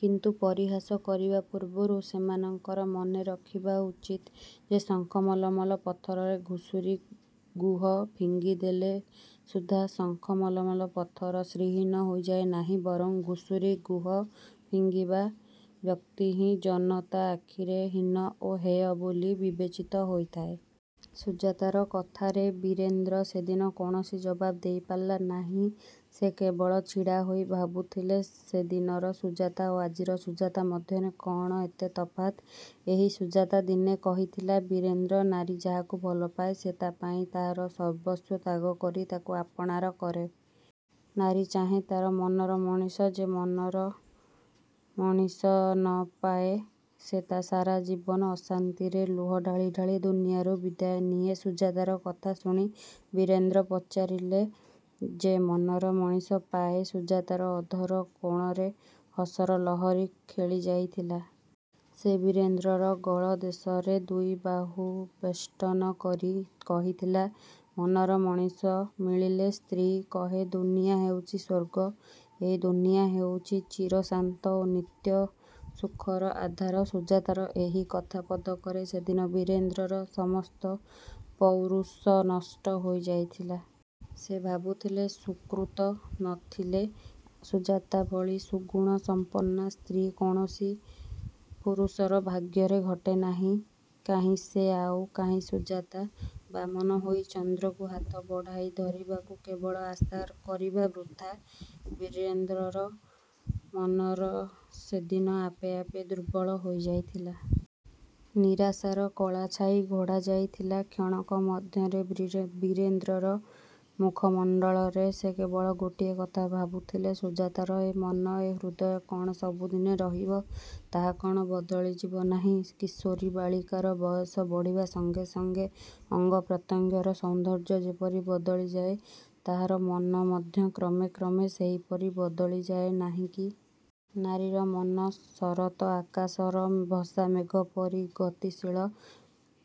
କିନ୍ତୁ ପରିହାସ କରିବା ପୂର୍ବରୁ ସେମାନଙ୍କର ମନେରଖିବା ଉଚିତ ଯେ ଶଙ୍ଖମଲମଲ ପଥରରେ ଘୁଷୁରି ଗୁହ ଫିଙ୍ଗିଦେଲେ ସୁଦ୍ଧା ଶଙ୍ଖମଲମଲ ପଥର ଶ୍ରୀହୀନ ହୋଇଯାଏ ନାହିଁ, ବରଂ ଘୁଷୁରି ଗୁହ ଫିଙ୍ଗିବା ବ୍ୟକ୍ତି ହିଁ ଜନତା ଆଖିରେ ହୀନ ଓ ହେୟ ବୋଲି ବିବେଚିତ ହୋଇଥାଏ। '' ସୁଜାତାର କଥାରେ ବୀରେନ୍ଦ୍ର ସେଦିନ କୌଣସି ଜବାବ୍ ଦେଇପାରିଲେ ନାହିଁ। ସେ କେବଳ ଛିଡ଼ାହୋଇ ଭାବୁଥିଲେ ସେଦିନର ସୁଜାତା ଓ ଆଜିର ସୁଜାତା ମଧ୍ୟରେ କ'ଣ ଏତେ ତଫାତ୍? ଏହି ସୁଜାତା ଦିନେ କହିଥିଲା ''ବୀରେନ୍ଦ୍ର! ନାରୀ ଯାହାକୁ ଭଲପାଏ ସେ ତା' ପାଇଁ ତାହାର ସର୍ବସ୍ୱ ତ୍ୟାଗ କରି ତାକୁ ଆପଣାର କରେ। ନାରୀ ଚାହେଁ ତା'ର ମନର ମଣିଷ। ଯେ ମନର ମଣିଷ ନ ପାଏ ସେ ସାରା ଜୀବନ ଅଶାନ୍ତିରେ ଲୁହ ଢାଳି ଢାଳି ଦୁନିଆରୁ ବିଦାୟ ନିଏ। '' ସୁଜାତାର କଥା ଶୁଣି ବୀରେନ୍ଦ୍ର ପଚାରିଲେ ''ଯେ ମନର ମଣିଷ ପାଏ? '' ସୁଜାତାର ଅଧର କୋଣରେ ହସର ଲହରୀ ଖେଳିଯାଇଥିଲା। ସେ ବୀରେନ୍ଦ୍ରର ଗଳଦେଶରେ ଦୁଇବାହୁ ବେଷ୍ଟନ କରି କହିଥିଲା ''ମନର ମଣିଷ ମିଳିଲେ ସ୍ତ୍ରୀ କହେ ଦୁନିଆ ହେଉଛି ସ୍ୱର୍ଗ। ଏହି ଦୁନିଆ ହେଉଛି ଚିରଶାନ୍ତ ଓ ନିତ୍ୟ ସୁଖର ଆଧାର। '' ସୁଜାତାର ଏହି କଥା ପଦକରେ ସେଦିନ ବୀରେନ୍ଦ୍ରର ସମସ୍ତ ପୌରୁଷ ନଷ୍ଟ ହୋଇଯାଇଥିଲା। ସେ ଭାବୁଥିଲେ ସୁକୃତ ନ ଥିଲେ ସୁଜାତା ଭଳି ସୁଗୁଣ ସମ୍ପନ୍ନା ସ୍ତ୍ରୀ କୌଣସି ପୁରୁଷର ଭାଗ୍ୟରେ ଘଟେ ନାହିଁ। କାହିଁ ସେ, ଆଉ କାହିଁ ସୁଜାତା? ବାମନ ହୋଇ ଚନ୍ଦ୍ରକୁ ହାତ ବଢ଼ାଇ ଧରିବାକୁ କେବଳ ଆଶା କରିବା ବୃଥା। ବୀରେନ୍ଦ୍ରର ମନ ସେଦିନ ଆପେ ଆପେ ଦୁର୍ବଳ ହୋଇଯାଇଥିଲା। ନିରାଶାର କଳା ଛାଇ ଘୋଟିଯାଇଥିଲା କ୍ଷଣକ ମଧ୍ୟରେ ବୀରେନ୍ଦ୍ରର ମୁଖମଣ୍ଡଳରେ। ସେ କେବଳ ଗୋଟିଏ କଥା ଭାବୁଥିଲେ। ସୁଜାତାର ଏ ମନ, ଏ ହୃଦୟ କ'ଣ ସବୁଦିନେ ରହିବ? ତାହା କ'ଣ ବଦଳି ଯିବ ନାହିଁ? କିଶୋରୀ ବାଳିକାର ବୟସ ବଢ଼ିବା ସଙ୍ଗେ ସଙ୍ଗେ ଅଙ୍ଗ ପ୍ରତ୍ୟଙ୍ଗର ସୌନ୍ଦର୍ଯ୍ୟ ଯେପରି ବଦଳିଯାଏ ତାହାର ମନ ମଧ୍ୟ କ୍ରମେ କ୍ରମେ ସେହିପରି ବଦଳିଯାଏ ନାହିଁ କି? ନାରୀର ମନ ଶରତ ଆକାଶର ଭସାମେଘ ପରି ଗତିଶୀଳ।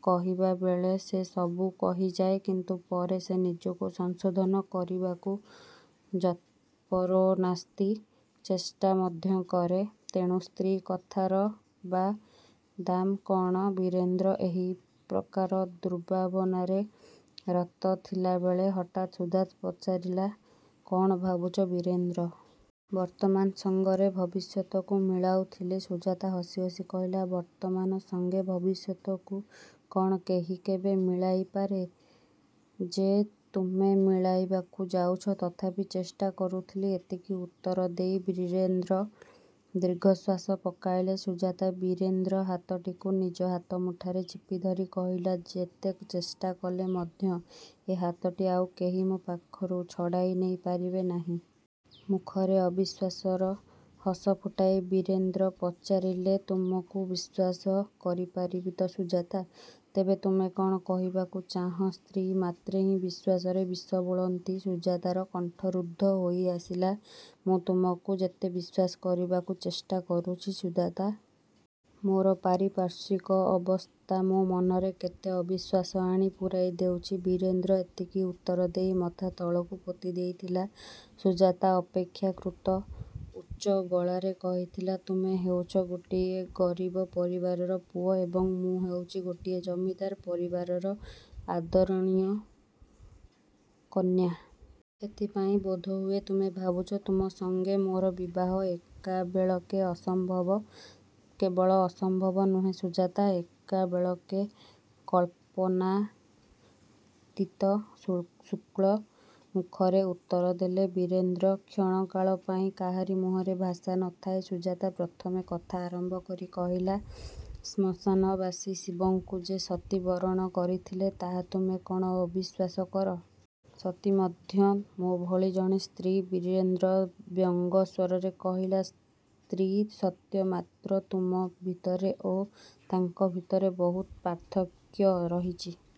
କହିବାବେଳେ ସେ ସବୁ କହିଯାଏ; କିନ୍ତୁ ପରେ ସେ ନିଜକୁ ସଂଶୋଧନ କରିବାକୁ ଯତ୍ପରୋନାସ୍ତି ଚେଷ୍ଟା ମଧ୍ୟ କରେ। ତେଣୁ ସ୍ତ୍ରୀ କଥାର ବା ଦାମ କ'ଣ? ବୀରେନ୍ଦ୍ର ଏହିପ୍ରକାର ଦୁର୍ଭାବନାରେ ରତ ଥିଲାବେଳେ ହଠାତ୍ ସୁଜାତା ପଚାରିଲା, ''କ'ଣ ଭାବୁଛ ବୀରେନ୍ଦ୍ର? '' ''ବର୍ତ୍ତମାନ ସଙ୍ଗରେ ଭବିଷ୍ୟତକୁ ମିଳାଉଥିଲି। '' ସୁଜାତା ହସି ହସି କହିଲା, ''ବର୍ତ୍ତମାନ ସଙ୍ଗେ ଭବିଷ୍ୟତକୁ କ'ଣ କେହି କେବେ ମିଳାଇପାରେ ଯେ ତୁମେ ମିଳାଇବାକୁ ଯାଉଛ? '' ''ତଥାପି ଚେଷ୍ଟା କରୁଥିଲି। '' ଏତିକି ଉତ୍ତର ଦେଇ ବୀରେନ୍ଦ୍ର ଦୀର୍ଘଶ୍ୱାସ ପକାଇଲେ। ସୁଜାତା ବୀରେନ୍ଦ୍ରର ହାତଟିକୁ ନିଜ ହାତମୁଠାରେ ଚିପିଧରି କହିଥିଲା, ''ଯେତେ ଚେଷ୍ଟା କଲେ ମଧ୍ୟ ଏ ହାତଟି ଆଉ କେହି ମୋ ପାଖରୁ ଛଡ଼ାଇ ନେଇ ପାରିବ ନାହିଁ। '' ମୁଖରେ ଅବିଶ୍ୱାସର ହସ ଫୁଟାଇ ବୀରେନ୍ଦ୍ର ପଚାରିଲେ ''ତୁମକୁ ବିଶ୍ୱାସ କରିପାରିବି ତ ସୁଜାତା? '' ''ତେବେ ତୁମେ କ'ଣ କହିବାକୁ ଚାହଁ, ସ୍ତ୍ରୀ ମାତ୍ରେହିଁ ବିଶ୍ୱାସରେ ବିଷ ବୋଳନ୍ତି? '' ସୁଜାତାର କଣ୍ଠ ରୁଦ୍ଧ ହୋଇଆସିଲା। '' ମୁଁ ତୁମକୁ ଯେତେ ବିଶ୍ୱାସ କରିବାକୁ ଚେଷ୍ଟା କରୁଛି ସୁଜାତା! ମୋର ପାରିପାର୍ଶ୍ୱିକ ଅବସ୍ଥା ମୋ ମନରେ ସେତେ ଅବିଶ୍ୱାସ ଆଣି ପୂରାଇ ଦେଉଛି। ବୀରେନ୍ଦ୍ର ଏତିକି ଉତ୍ତରଦେଇ ମଥା ତଳକୁ ପୋତିଦେଇଥିଲେ। ସୁଜାତା ଅପେକ୍ଷାକୃତ ଉଚ୍ଚ ଗଳାରେ କହିଥିଲା, ''ତୁମେ ହେଉଛ ଗୋଟିଏ ଗରିବ ପରିବାରର ପୁଅ ଏବଂ ମୁଁ ହେଉଛି ଗୋଟିଏ ଜମିଦାର ପରିବାରର ଆଦରଣୀୟା କନ୍ୟା। ସେଥିପାଇଁ ବୋଧହୁଏ ତୁମେ ଭାବୁଛ ତୁମ ସଙ୍ଗେ ମୋର ବିବାହ ଏକାବେଳକେ ଅସମ୍ଭବ। '' ''କେବଳ ଅସମ୍ଭବ ନୁହେଁ ସୁଜାତା! ଏକାବେଳକେ କଳ୍ପନାତୀତ। ଶୁଷ୍କ ମୁଖରେ ଉତ୍ତରଦେଲେ ବୀରେନ୍ଦ୍ର। '' କ୍ଷଣକାଳ ପାଇଁ କାହାରି ମୁହଁରେ ଭାଷା ନ ଥିଲା। ସୁଜାତା ପ୍ରଥମେ କଥା ଆରମ୍ଭ କରି କହିଲା, ''ଶ୍ମଶାନବାସୀ ଶିବଙ୍କୁ ଯେ ସତୀ ବରଣ କରିଥିଲେ ତାହା ତୁମେ କ'ଣ ଅବିଶ୍ୱାସ କର? ସତୀ ମଧ୍ୟ ତ ମୋ ଭଳି ଜଣେ ସ୍ତ୍ରୀ। '' ବୀରେଦ୍ର ବ୍ୟଙ୍ଗ ସ୍ୱରରେ କହିଲେ, ''ସ୍ତ୍ରୀ ସତ୍ୟ, ମାତ୍ର ତୁମ ଭିତରେ ଓ ତାଙ୍କ ଭିତରେ ବହୁତ ପାର୍ଥକ୍ୟ ରହିଛି।